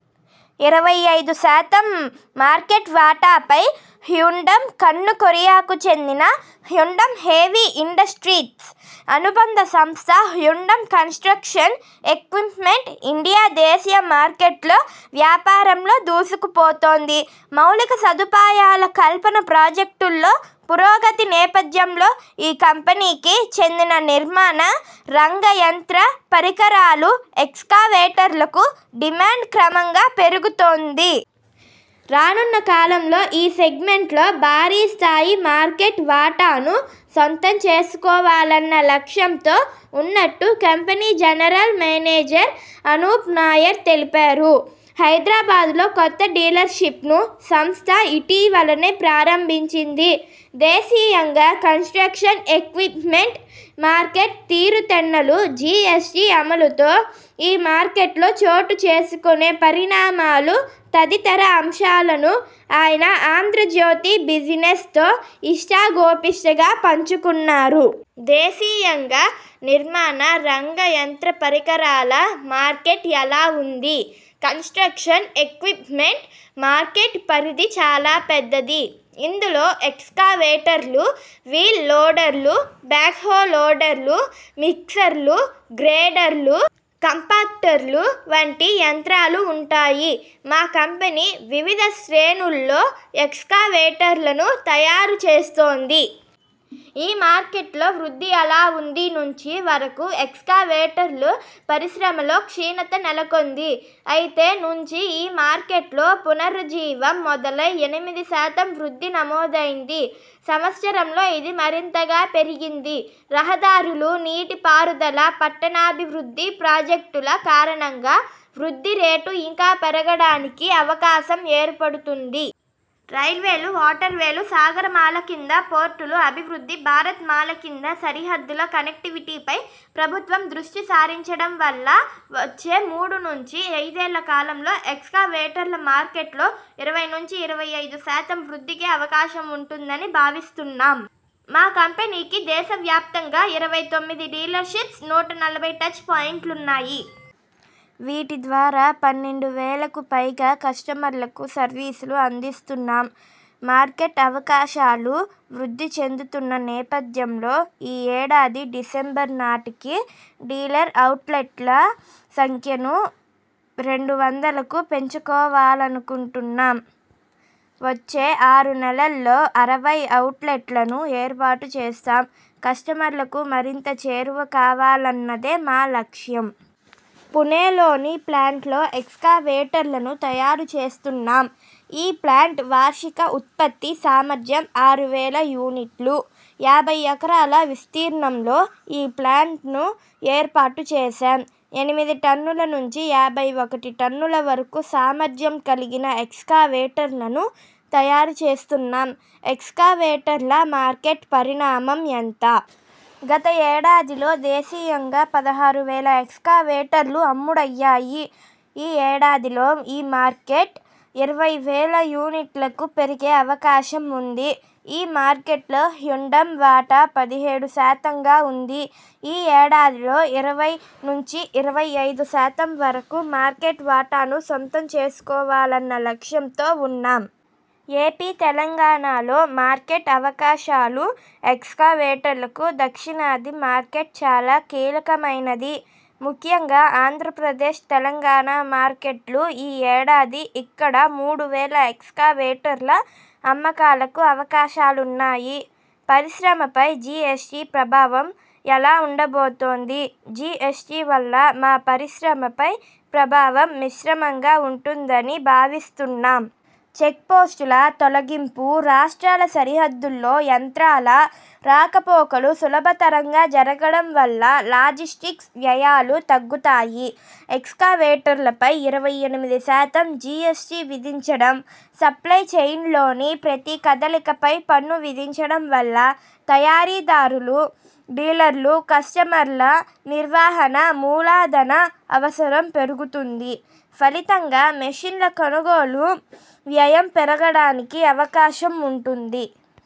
ఇరవై ఐదు శాతం మార్కెట్ వాటాపై హ్యుండయ్ కన్ను కొరియాకు చెందిన హ్యుండయ్ హెవీ ఇండస్ర్టీస్ అనుబంధ సంస్థ హ్యుండయ్ కన్స్ట్రక్షన్ ఎక్విప్మెంట్ ఇండియా దేశీయ మార్కెట్లో వ్యాపారంలో దూసుకుపోతోంది. మౌలిక సదుపాయాల కల్పన ప్రాజెక్టుల్లో పురోగతి నేపథ్యంలో ఈ కంపెనీకి చెందిన నిర్మాణ రంగ యంత్ర పరికరాలు, ఎక్స్కవేటర్లకు డిమాండ్ క్రమంగా పెరుగుతోంది. రానున్న కాలంలో ఈ సెగ్మెంట్లో భారీ స్థాయి మార్కెట్ వాటాను సొంతం చేసుకోవాలన్న లక్ష్యంతో ఉన్నట్టు company general manager Anoop Nair తెలిపారు. హైదరాబాద్లో కొత్త డీలర్షిప్ను సంస్థ ఇటీవలనే ప్రారంభించింది. దేశీయంగా కన్స్ట్రక్షన్ ఎక్విప్మెంట్ మార్కెట్ తీరుతెన్నులు, జిఎస్టి అమలుతో ఈ మార్కెట్లో చోటు చేసుకునే పరిణామాలు తదితర అంశాలను ఆయన 'ఆంధ్రజ్యోతి బిజినెస్ 'తో ఇష్టాగోపిష్టిగా పంచుకున్నారు. దేశీయంగా నిర్మాణ రంగ యంత్ర పరికరాల మార్కెట్ ఎలా ఉంది? కన్స్ట్రక్షన్ ఎక్విప్మెంట్ మార్కెట్ పరిధి చాలా పెద్దది. ఇందులో ఎక్స్కవేటర్లు, వీల్ లోడర్లు, బ్యాక్హో లోడర్లు, మిక్సర్లు, గ్రేడర్లు, కాంపాక్టర్లు వంటి యంత్రాలు ఉంటాయి. మా కంపెనీ వివిధ శ్రేణుల్లో ఎక్స్కవేటర్లను తయారు చేస్తోంది. ఈ మార్కెట్లో వృద్ధి ఎలా ఉంది నుంచి వరకు ఎక్స్కవేటర్ల పరిశ్రమలో క్షీణత నెలకొంది. అయితే నుంచి ఈ మార్కెట్లో పునరుజ్జీవం మొదలై ఎనిమిది శాతం వృద్ధి నమోదైంది. సంవత్సరంలో ఇది మరింతగా పెరిగింది. రహదారులు, నీటిపారుదల, పట్టణాభివృద్ధి ప్రాజెక్టుల కారణంగా వృద్ధి రేటు ఇంకా పెరగడానికి అవకాశం ఏర్పడుతోంది. రైల్వేలు, వాటర్వేలు, సాగరమాల కింద పోర్టుల అభివృద్ధి, భారత్ మాల కింద సరిహద్దుల కనెక్టివిటీపై ప్రభుత్వం దృష్టిసారించడం వల్ల వచ్చే మూడు నుంచి ఐదేళ్ల కాలంలో ఎక్స్కవేటర్ల మార్కెట్లో ఇరవై నుంచి ఇరవై ఐదు శాతం వృద్ధికి అవకాశం ఉంటుందని భావిస్తున్నాం. మా కంపెనీకి దేశవ్యాప్తంగా ఇరవై తొమ్మిది డీలర్షిప్స్, నూట నలభై టచ్ పాయింట్లున్నాయి. వీటి ద్వారా పన్నెండు వేలకు పైగా కస్టమర్లకు సర్వీసులు అందిస్తున్నాం. మార్కెట్ అవకాశాలు వృద్ధి చెందుతున్న నేపథ్యంలో ఈ ఏడాది డిసెంబర్ నాటికి డీలర్ ఔట్లెట్ల సంఖ్యను రెండు వందలకు పెంచుకోవాలనుకుంటున్నాం. వచ్చే ఆరు నెలల్లో అరవై ఔట్లెట్లను ఏర్పాటు చేస్తాం. కస్టమర్లకు మరింత చేరువ కావాలన్నదే మా లక్ష్యం. పుణెలోని ప్లాంట్లో ఎక్స్కవేటర్లను తయారు చేస్తున్నాం. ఈ ప్లాంట్ వార్షిక ఉత్పత్తి సామర్థ్యం ఆరు వేల యూనిట్లు. యాభై ఎకరాల విస్తీర్ణంలో ఈ ప్లాంట్ను ఏర్పాటు చేశాం. ఎనిమిది టన్నుల నుంచి యాభై ఒకటి టన్నుల వరకు సామర్థ్యం కలిగిన ఎక్స్కవేటర్లను తయారు చేస్తున్నాం. ఎక్స్కవేటర్ల మార్కెట్ పరిణామం ఎంత? గత ఏడాదిలో దేశీయంగా పదహారు వేల ఎక్స్కవేటర్లు అమ్ముడయ్యాయి. ఈ ఏడాదిలో ఈ మార్కెట్ ఇరవై వేల యూనిట్లకు పెరిగే అవకాశం ఉంది. ఈ మార్కెట్లో హ్యుండయ్ వాటా పదిహేడు శాతంగా ఉంది. ఈ ఏడాదిలో ఇరవై నుంచి ఇరవై ఐదు శాతం వరకు మార్కెట్ వాటాను సొంతం చేసుకోవాలన్న లక్ష్యంతో ఉన్నాం. ఎపి, తెలంగాణలో మార్కెట్ అవకాశాలు ఎక్స్కవేటర్లకు దక్షిణాది మార్కెట్ చాలా కీలకమైనది. ముఖ్యంగా ఆంధ్రప్రదేశ్, తెలంగాణ మార్కెట్లు. ఈ ఏడాది ఇక్కడమూడు వేల ఎక్స్కవేటర్ల అమ్మకాలకు అవకాశాలున్నాయి. పరిశ్రమపై జిఎస్టి ప్రభావం ఎలా ఉండబోతోంది జిఎస్టి వల్ల మా పరిశ్రమపై ప్రభావం మిశ్రమంగా ఉంటుందని భావిస్తున్నాం. చెక్పోస్టుల తొలగింపు, రాష్ట్రాల సరిహద్దులో యంత్రాల రాకపోకలు సులభతరంగా జరగడం వల్ల లాజిస్టిక్స్ వ్యయాలు తగ్గుతాయి. ఎక్స్కవేటర్లపై ఇరవై ఎనిమిది శాతం జిఎస్టి విధించడం, సప్లయ్ చెయిన్లోని ప్రతి కదలికపై పన్ను విధించడం వల్ల తయారీదారులు, డీలర్లు, కస్టమర్ల నిర్వహణ మూలధన అవసరం పెరుగుతుంది. ఫలితంగా మెషిన్ల కొనుగోలు వ్యయం పెరగడానికి అవకాశం ఉంటుంది.